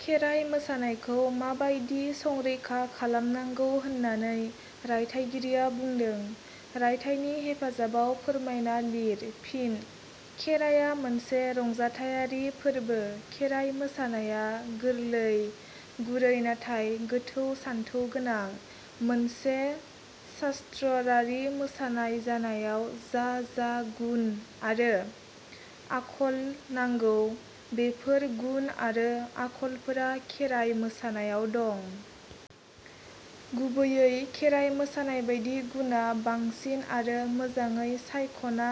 खेराय मोसानायखौ माबादि संरैखा खालामनांगौ होननानै रायथाइगिरिया बुंदों रायथाइनि हेफाजाबाव फोरमायना लिर। फिन: खेराया मोनसे रंजाथायारि फोरबो खेराइ मोसानाया गोरललै, गुरै नाथाय गोथौ सानथौ गोनां मोनसे सास्थोरारि मोसानाय जानायाव जा जा गुण आरो आखल नांगौ बेफोर गुण आरो आखलफोरा खेराइ मोसानायाव दं। गुबैये खेराइ मोसानायबादि गुणा बांसिन आरो मोजाङै सायखना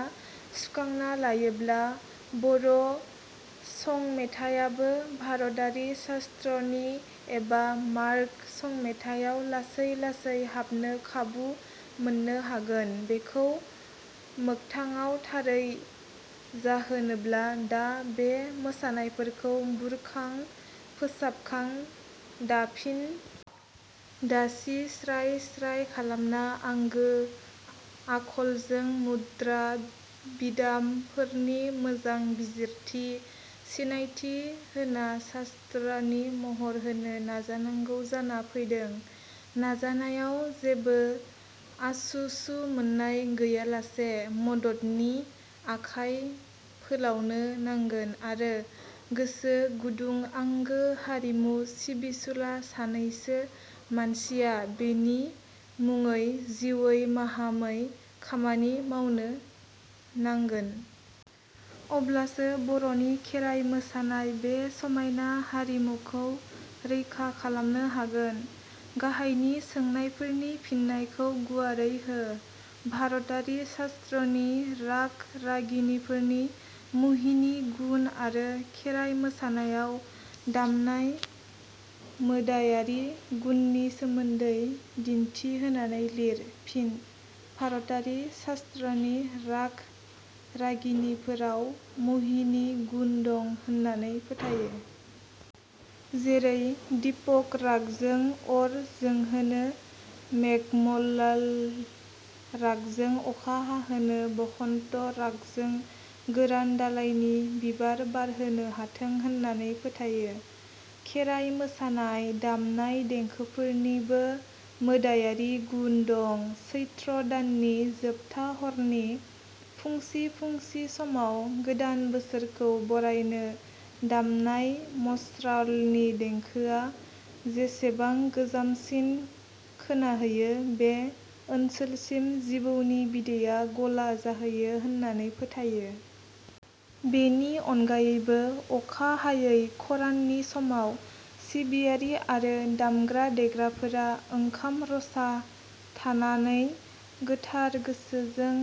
सुखांना लायोब्ला बर' संमेथायाबो भारतारि सास्थोरारि एबा मार्ग संमेथायाव लासै लासै हाबनो खाबु मोननो हागोन। बेखौ मोगथाङाव थारै जाहोनोब्ला दा बे मोसानायफोरखौ बुरखां फोसाबखां, दाफिन दासि स्राय स्राय खालामना आंगो आखलजों मुद्रा, बिदाम फोरनि मोजां बिजिरथि, सिनायथि होना सास्थोरारि महर होनो नाजानांगौ जाना फैदों नाजानाया जेबो आसु-सु मोननाय गैयाजायै मददनि आखाइ फोलावनो नांगोन आरो गोसो गुदं आंगो हारिमु सिबिसुला सानैसो मानसिया बेनि मुङै जिउवै- माहामै खामानि मावनो नांगोन। अब्लासो बर'नि खेराइ मोसानाय बे समायना हारिमुखो रैखा खालामनो हागोन।. गाहायनि सोंनायफोरनि फिननायखौ गुवारै हो भारतारि सास्थोरारि राग-रागिनिफोरनि मुहिनि गुन आरो खेराय मोसानायाव दामनाय मोदायारि गुननि सोमोन्दै दिन्थि होनानै लिर। फिन: भारतारि सास्थोरारि राग-रागिनिफोराव मुहिनि गुन दं होननानै फोथायो। जेरै दीपक रागजों अर जोंहोनो, मेघमल्लार रागजों अखा हाहोनो, बसन्त रागजों गोरान दालायाव बिबार बारहोनो हाथो होननानै फोथायो। खेराइ मोसानाय दामनाय देंखोफोरनिबो मोदायारि गुन दं सैत्र दाननि जोबथा हरनि फुंसि फुंसि समाव गोदान बोसोरखौ बरायनो दामनाय सम्रावलि देंखोआ जेसेबां गोजानसिम खोनाहैयो बे ओनसोलसिम जिबौनि बिदैया गला जाहैयो होननानै फोथायो। बेनि अनगायैबो अखा हायै खराननि समाव सिबियारि आरो दामग्रा देग्राफोरा ओंखाम रसा थानानै गोथार गोसोजों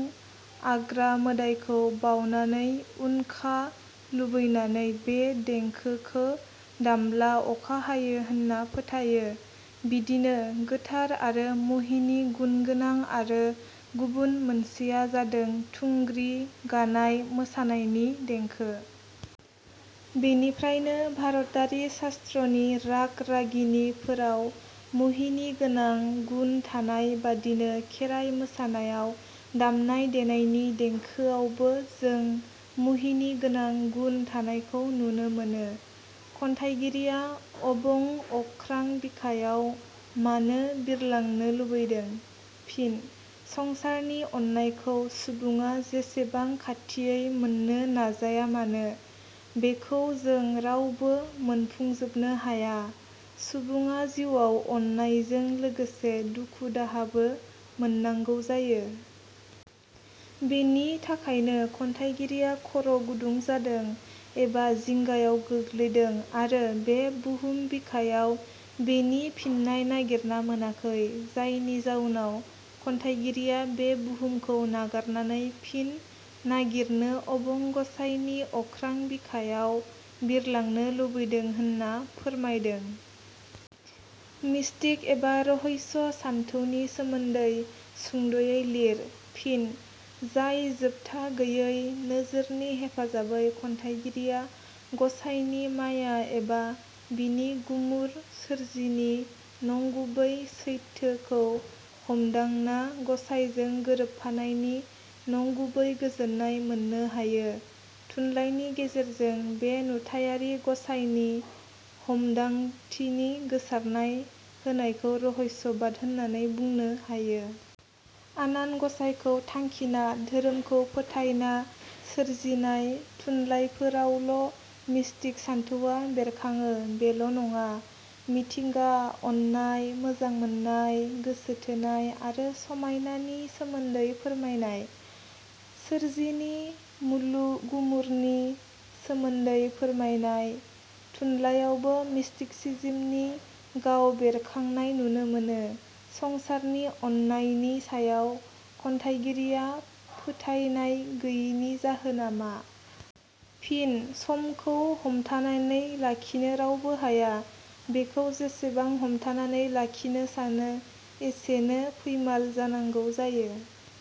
आग्रा मोदायखौ बावनानै उनखा लुबैनानै बे देंखोखो दामब्ला अखा हायो होनना फोथायो। बिदिनो गोथार आरो मुहिनि गुनगोनां आरो गुबुन मोनसेया जादों थुग्रि गानाय मोसानायनि देंखो। बेनिफ्रायनो भारतारि सास्थोरारि राग-रागिनि फोराव मुहिनि गोनां गुन थानाय बादिनो खेराइ मोसानाय दामनाय देनायनि देंखोआवबो जों मुहिनि गोनां गुण थानायखौ नुनो मोनो। खन्थाइगिरिया अबं अख्रां बिखायाव मानो बिरलांनो लुबैदों? फिनः संसारनि अननायखौ सुबुङा जेसेबां खाथियै मोननो नाजायामानो बेखौ जों रावबो मोनफुंजोबनो हाया सुबुङा जिउवाव अननायजों लोगोसे दुखु दाहाबो मोननांगौ जायो। बेनि थाखायनो खन्थाइगिरिया खर' गुदुं जादों एबा जिंगायाव गोग्लैदों आरो बे बहुम बिखायाव बेनि फिननाय नागिरना मोनाखै। जायनि जाउनाव खन्थाइगिरिया बे बहुमखौ नागारनानै फिन नागिरनो अबं गसाइनि अख्रां बिखायाव बिरलांनो लुबैदों होनना फोरमायदों। मिष्टिक एबा रहस्य सान्थौनि सोमोन्दै सुंदयै लिर। फिनः जाय जोबथा गैयै नोजोरनि हेफाजाबै खन्थाइगिरिया गसाइनि माया एबा बिनि मुलुग सोरजिनायनि नंगुबै सैथोखो हममोन्दांना गसाइजों गोरोबफानायनि नंगुबै गोजोननाय मोननो हायो, थुनलाइनि गेजेरजों बे नुवाथारि गसाइनि हममोन्दांथिखौ जाफुंसार होनायखौनो रहस्यबाद होनना बुंनो हायो। आनान गसाइखौ थांखिना, दोहोरोमखौ फोथायना सोरजिनाय थुनलाइफोरावल' मिष्टिक सानथौवा बेरखाङो, बेल' नङा मिथिंगा, अननाय, मोजां मोननाय, गोसो थोनाय एबा समायनानि सोमोन्दै फोरमायनाय, सोरजिनि गुमुरनि सोमोन्दै फोरमायनाय थुनलाइयावबो मिष्टिसिजिमनि गाव बेरखांनाय नुनो मोनो। संसारनि अनायनि सायाव खन्थाइगिरिया फोथायनाय गैयैनि जाहोना मा? फिनः समखौ हमथानानै लाखिनो रावबो हाया। बेखौ जेसेबां हमथानानै लाखिनो सानो एसेनो फैमाल जानांगौ जायो।